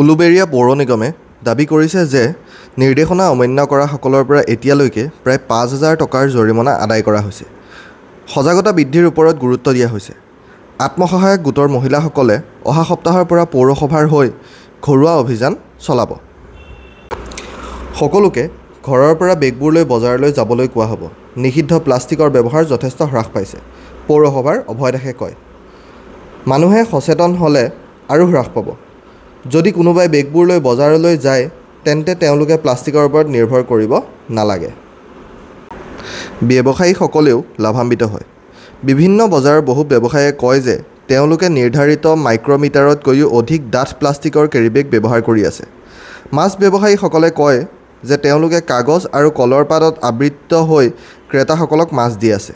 উলুবেৰিয়া পৌৰ নিগমে দাবী কৰিছে যে নিৰ্দেশনা অমান্য কৰাসকলৰ পৰা এতিয়ালৈকে প্ৰায় পাঁচ হাজাৰ টকাৰ জৰিমনা আদায় কৰা হৈছে। সজাগতা বৃদ্ধিৰ ওপৰত গুৰুত্ব দিয়া হৈছে। আত্মসহায়ক গোটৰ মহিলাসকলে অহা সপ্তাহৰ পৰা পৌৰসভাৰ হৈ ঘৰুৱা অভিযান চলাব। সকলোকে ঘৰৰ পৰা বেগবোৰ লৈ বজাৰলৈ যাবলৈ কোৱা হ'ব। নিষিদ্ধ প্লাষ্টিকৰ ব্যৱহাৰ যথেষ্ট হ্ৰাস পাইছে, পৌৰ প্ৰধান অভয় দাসে কয়। মানুহে সচেতন হ'লে আৰু হ্ৰাস পাব। যদি কোনোবাই বেগবোৰ লৈ বজাৰলৈ যায়, তেন্তে তেওঁলোকে প্লাষ্টিকৰ ওপৰত নিৰ্ভৰ কৰিব নালাগে। ব্যৱসায়ীসকলেও লাভান্বিত হয়। বিভিন্ন বজাৰৰ বহু ব্যৱসায়ীয়ে কয় যে তেওঁলোকে নিৰ্ধাৰিত মাইক্ৰমিটাৰতকৈও অধিক ডাঠ প্লাষ্টিকৰ কেৰিব্যাগ ব্যৱহাৰ কৰি আছে। মাছ ব্যৱসায়ীসকলে কয় যে তেওঁলোকে কাগজ আৰু কলৰ পাতত আবৃত হৈ ক্ৰেতাসকলক মাছ দি আছে।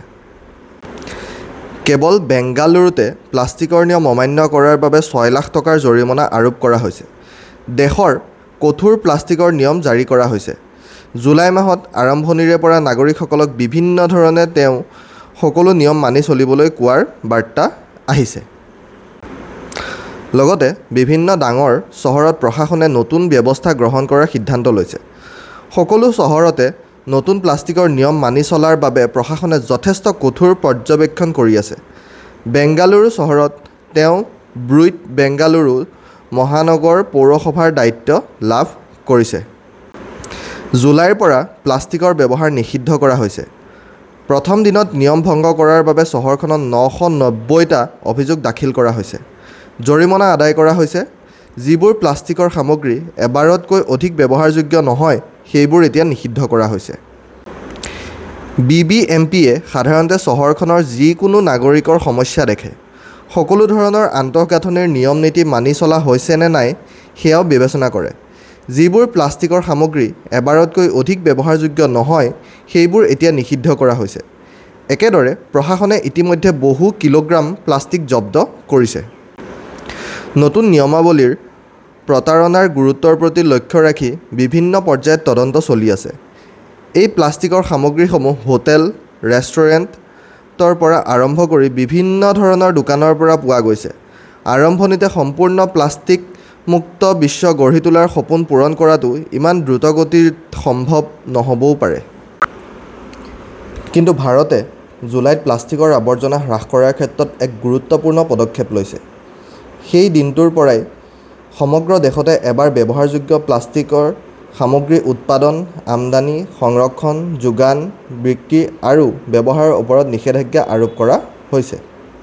কেৱল বেংগালুৰুতে প্লাষ্টিকৰ নিয়ম অমান্য কৰাৰ বাবে ছয় লাখ টকাৰ জৰিমনা আৰোপ কৰা হৈছে। দেশত কঠোৰ প্লাষ্টিকৰ নিয়ম জাৰি কৰা হৈছে। জুলাই মাহৰ আৰম্ভণিৰে পৰা নাগৰিকসকলক বিভিন্ন ধৰণে তেওঁ সকলো নিয়ম মানি চলিবলৈ কোৱাৰ বাৰ্তা আহিছে। লগতে বিভিন্ন ডাঙৰ চহৰত প্ৰশাসনে নতুন ব্যৱস্থা গ্ৰহণ কৰাৰ সিদ্ধান্ত লৈছে। সকলো চহৰতে নতুন প্লাষ্টিকৰ নিয়ম মানি চলাৰ বাবে প্ৰশাসনে যথেষ্ট কঠোৰ পৰ্যবেক্ষণ কৰি আছে। বেংগালুৰু চহৰত তেওঁ ব্ৰুহট বেংগালুৰু মহানগৰ পৌৰসভা ৰ দায়িত্ব লাভ কৰিছে। জুলাইৰ পৰা প্লাষ্টিকৰ ব্যৱহাৰ নিষিদ্ধ কৰা হৈছে। প্ৰথম দিনত নিয়ম ভংগ কৰাৰ বাবে চহৰখনত নশ নব্বৈটা অভিযোগ দাখিল কৰা হৈছিল। জৰিমনা আদায় কৰা হৈছে। যিবোৰ প্লাষ্টিকৰ সামগ্ৰী এবাৰতকৈ অধিক ব্যৱহাৰযোগ্য নহয় সেইবোৰ এতিয়া নিষিদ্ধ কৰা হৈছে। বিবিএমপিয়ে সাধাৰণতে চহৰখনৰ যিকোনো নাগৰিক সমস্যা দেখে। সকলো ধৰণৰ আন্তঃগাঁথনিৰ নিয়ম-নীতি মানি চলা হৈছে নে নাই সেয়াও বিবেচনা কৰে। যিবোৰ প্লাষ্টিকৰ সামগ্ৰী এবাৰতকৈ অধিক ব্যৱহাৰযোগ্য নহয় সেইবোৰ এতিয়া নিষিদ্ধ কৰা হৈছে। একেদৰে, প্ৰশাসনে ইতিমধ্যে বহু কিলোগ্ৰাম প্লাষ্টিক জব্দ কৰিছে। নতুন নিয়মাৱলীৰ প্ৰতাৰণাৰ গুৰুত্বৰ প্ৰতি লক্ষ্য ৰাখি বিভিন্ন পৰ্যায়ত তদন্ত চলি আছে। এই প্লাষ্টিকৰ সামগ্ৰীসমূহ হোটেল, ৰেষ্টুৰেণ্টৰ পৰা আৰম্ভ কৰি বিভিন্ন ধৰণৰ দোকানৰ পৰা পোৱা গৈছে। আৰম্ভণিতে সম্পূৰ্ণ প্লাষ্টিক-মুক্ত বিশ্ব গঢ়ি তোলাৰ সপোন পূৰণ কৰাটো ইমান দ্ৰুতগতিত সম্ভৱ নহ'বও পাৰে। কিন্তু ভাৰতে জুলাইত প্লাষ্টিকৰ আৱৰ্জনা হ্ৰাস কৰাৰ ক্ষেত্ৰত এক গুৰুত্বপূৰ্ণ পদক্ষেপ লৈছে। সেই দিনটোৰ পৰাই সমগ্ৰ দেশতে এবাৰ ব্যৱহাৰযোগ্য প্লাষ্টিক সামগ্ৰীৰ উৎপাদন, আমদানি, সংৰক্ষণ, যোগান, বিক্ৰী আৰু ব্যৱহাৰৰ ওপৰত নিষেধাজ্ঞা আৰোপ কৰা হৈছে।